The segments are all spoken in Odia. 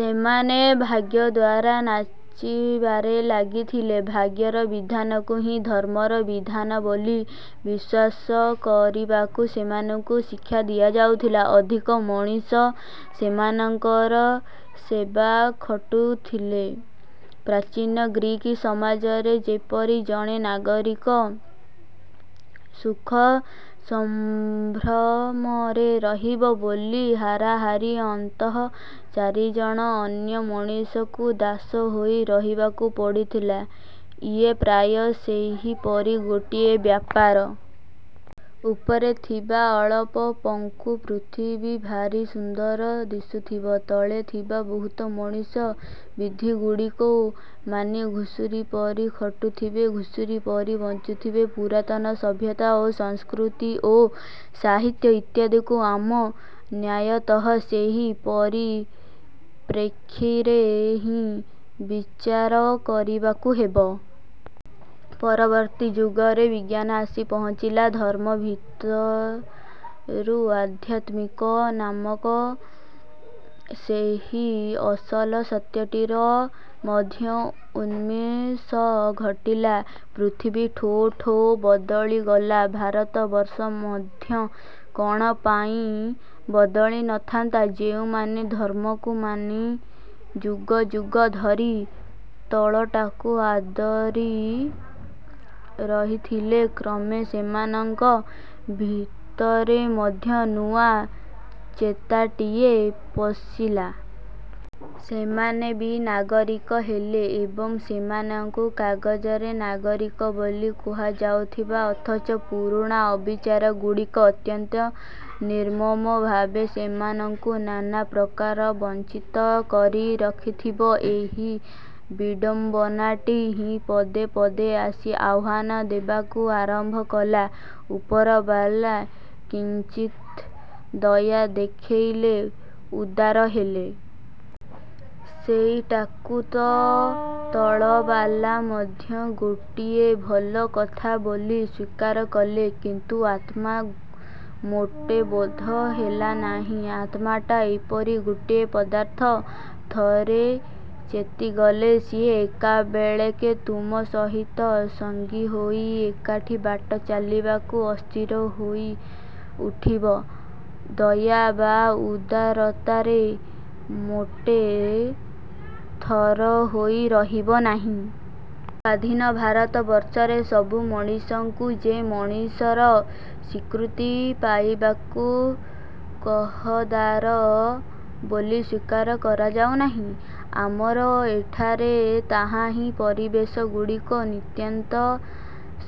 ସେମାନେ ଭାଗ୍ୟ ଦ୍ୱାରା ନାଚିବାରେ ଲାଗିଥିଲେ। ଭାଗ୍ୟର ବିଧାନକୁ ହିଁ ଧର୍ମର ବିଧାନ ବୋଲି ବିଶ୍ୱାସ କରିବାକୁ ସେମାନଙ୍କୁ ଶିକ୍ଷା ଦିଆଯାଉଥିଲା। ଅଧିକ ମଣିଷ ସେମାନଙ୍କର ସେବା ଖଟୁଥିଲେ। ପ୍ରାଚୀନ ଗ୍ରୀକ୍ ସମାଜରେ ଯେପରି ଜଣେ ନାଗରିକ ସୁଖ ସମ୍ଭ୍ରମରେ ରହିବ ବୋଲି ହାରାହାରି ଅନ୍ତତଃ ଚାରିଜଣ ଅନ୍ୟ ମଣିଷଙ୍କୁ ଦାସ ହୋଇ ରହିବାକୁ ପଡୁଥିଲା, ଇଏ ପ୍ରାୟ ସେହିପରି ଗୋଟିଏ ବ୍ୟାପାର। ଉପରେ ଥିବା ଅଳପଙ୍କୁ ପୃଥିବୀ ଭାରି ସୁନ୍ଦର ଦିଶୁଥିବ। ତଳେ ଥିବା ବହୁତ ମଣିଷ ବିଧିଗୁଡ଼ିକୁ ମାନି ଘୁଷୁରି ପରି ଖଟୁଥିବେ, ଘୁଷୁରି ପରି ବଞ୍ଚୁଥିବେ। ପୁରାତନ ସଭ୍ୟତା, ସଂସ୍କୃତି ଓ ସାହିତ୍ୟ ଇତ୍ୟାଦିକୁ ଆମକୁ ନ୍ୟାୟତଃ ସେହି ପରିପ୍ରେକ୍ଷୀରେ ହିଁ ବିଚାର କରିବାକୁ ହେବ। ପରବର୍ତ୍ତୀ ଯୁଗରେ ବିଜ୍ଞାନ ଆସି ପହଞ୍ଚିଲା। ଧର୍ମ ଭିତରୁ ଅଧ୍ୟାତ୍ମ ନାମକ ସେହି ଅସଲ ସତ୍ୟଟିର ମଧ୍ୟ ଉନ୍ମେଷ ଘଟିଲା। ପୃଥିବୀ ଠୋ' ଠୋ' ବଦଳି ଗଲା। ଭାରତବର୍ଷ ମଧ୍ୟ କ'ଣ ପାଇଁ ବଦଳି ନଥାନ୍ତା। ଯେଉଁମାନେ ଧର୍ମକୁ ମାନି ଯୁଗ ଯୁଗ ଧରି ତଳଟାକୁ ଆଦରି ରହିଥିଲେ, କ୍ରମେ ସେମାନଙ୍କ ଭିତରେ ମଧ୍ୟ ନୂଆ ଚେତାଟିଏ ପଶିଲା। ସେମାନେ ବି ନାଗରିକ ହେଲେ। ଏବଂ, ସେମାନଙ୍କୁ କାଗଜରେ ନାଗରିକ ବୋଲି କୁହାଯାଉଥିବ ଅଥଚ ପୁରୁଣା ଅବିଚାରଗୁଡ଼ିକ ଅତ୍ୟନ୍ତ ନିର୍ମମ ଭାବରେ ସେମାନଙ୍କୁ ନାନା ପ୍ରକାରେ ବଂଚିତ କରି ରଖିଥିବ, ଏହି ବିଡ଼ମ୍ବନାଟି ହିଁ ପଦେ ପଦେ ଆସି ଆହ୍ୱାନ ଦେବାକୁ ଆରମ୍ଭ କଲା। ଉପରବାଲା କିଂଚିତ୍ ଦୟା ଦେଖାଇଲେ, ଉଦାର ହେଲେ। ସେଇଟାକୁ ତଳବାଲା ମଧ୍ୟ ଗୋଟିଏ ଭଲକଥା ବୋଲି ସ୍ୱୀକାର କଲେ। କିନ୍ତୁ ଆତ୍ମା ମୋଟେ ବୋଧ ହେଲାନାହିଁ। ଆତ୍ମାଟା ଏପରି ଗୋଟିଏ ପଦାର୍ଥ, ଥରେ ଚେତିଗଲେ ସିଏ ଏକାବେଳେକେ ତୁମ ସହିତ ସଙ୍ଗୀ ହୋଇ ଏକାଠି ବାଟ ଚାଲିବାକୁ ଅସ୍ଥିର ହୋଇ ଉଠିବ। ଦୟା ବା ଉଦାରତାରେ ମୋଟେ ଥର ହୋଇ ରହିବ ନାହିଁ। ସ୍ୱାଧୀନ ଭାରତବର୍ଷରେ ସବୁ ମଣିଷଙ୍କୁ ଯେ ମଣିଷର ସ୍ୱୀକୃତି ପାଇବାକୁ ହକଦାର ବୋଲି ସ୍ୱୀକାର କରାଯାଉନାହିଁ, ଆମର ଏଠାରେ ତାହାହିଁ ପରିବେଶ ଗୁଡ଼ିକୁ ନିତାନ୍ତ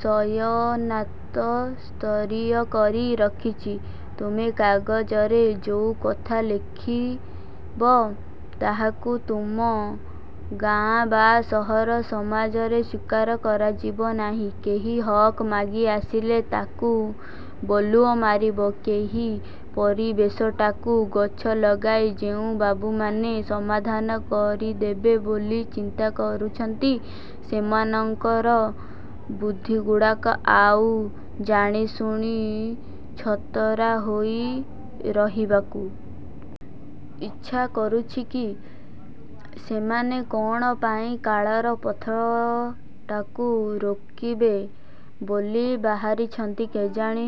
ଶୟତାନସ୍ତରୀୟ କରି ରଖିଛି। ତୁମେ କାଗଜରେ ଯୋଉ କଥା ଲେଖିବ, ତାହାକୁ ତୁମ ଗାଆଁ ବା ସହରର ସମାଜରେ ସ୍ୱୀକାର କରାଯିବ ନାହିଁ, କେହି ହକ୍ ମାଗି ଆସିଲେ ତାକୁ ବୋଲୁଅ ମାରିବ, ଏହି ପରିବେଶଟାକୁ ଗଛ ଲଗାଇ ଯେଉଁ ବାବୁମାନେ ସମାଧାନ କରିଦେବେ ବୋଲି ଚିନ୍ତା କରୁଛନ୍ତି, ସେମାନଙ୍କର ବୁଦ୍ଧିଗୁଡ଼ାକ ଆଉ ଜାଣିଶୁଣି ଛତରା ହୋଇ ରହିବାକୁ। ଇଚ୍ଛା କରୁଛି କି? ସେମାନେ କ'ଣ ପାଇଁ କାଳର ପଥଟାକୁ ରୋକିବେ ବୋଲି ବାହାରିଛନ୍ତି କେଜାଣି?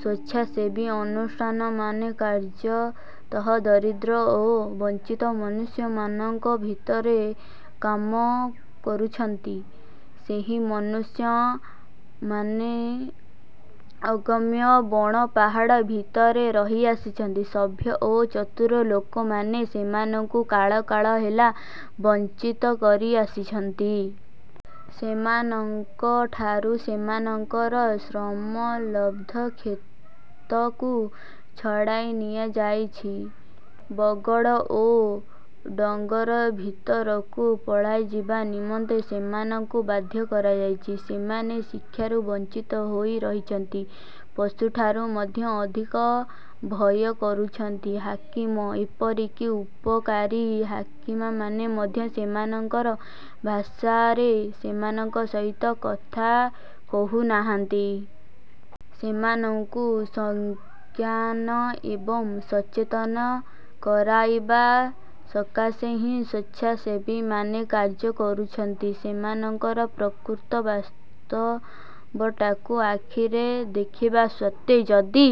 ସ୍ୱେଚ୍ଛାସେବୀ ଅନୁଷ୍ଠାନମାନେ କାର୍ଯ୍ୟତଃ ଦରିଦ୍ର ଓ ବଂଚିତ ମନୁଷ୍ୟମାନଙ୍କ ଭିତରେ କାମ କରୁଛନ୍ତି। ସେହି ମନୁଷ୍ୟମାନେ ଅଗମ୍ୟ ବଣପାହାଡ଼ ଭିତରେ ରହି ଆସିଛନ୍ତି। ସଭ୍ୟ ଓ ଚତୁର ଲୋକମାନେ ସେମାନଙ୍କୁ କାଳ କାଳ ହେଲା ବଂଚିତ କରି ଆସିଛନ୍ତି। ସେମାନଙ୍କଠାରୁ ସେମାନଙ୍କର ଶ୍ରମଲବ୍ଧ କ୍ଷେତକୁ ଛଡ଼ାଇ ନିଆଯାଇଛି। ବଗଡ଼ ଓ ଡ଼ଙ୍ଗର ଭିତରକୁ ପଳାଇଯିବା ନିମନ୍ତେ ସେମାନଙ୍କୁ ବାଧ୍ୟ କରାଯାଇଛି। ସେମାନେ ଶିକ୍ଷାରୁ ବଂଚିତ ହୋଇ ରହିଛନ୍ତି। ପଶୁଠାରୁ ମଧ୍ୟ ଅଧିକ ଭୟ କରୁଛନ୍ତି। ହାକିମ, ଏପରିକି ଉପକାରୀ ହାକିମମାନେ ମଧ୍ୟ ସେମାନଙ୍କର ଭାଷାରେ ସେମାନଙ୍କ ସହିତ କଥା କହୁନାହାନ୍ତି। ସେମାନଙ୍କୁ ସଜ୍ଞାନ ଏବଂ ସଚେତନ କରାଇବା ସକାଶେ ହିଁ ସ୍ୱେଚ୍ଛାସେବୀମାନେ କାର୍ଯ୍ୟ କରୁଛନ୍ତି। ସେମାନଙ୍କର ପ୍ରକୃତ ବାସ୍ତବଟାକୁ ଆଖିରେ ଦେଖିବା ସତ୍ତ୍ୱେ ଯଦି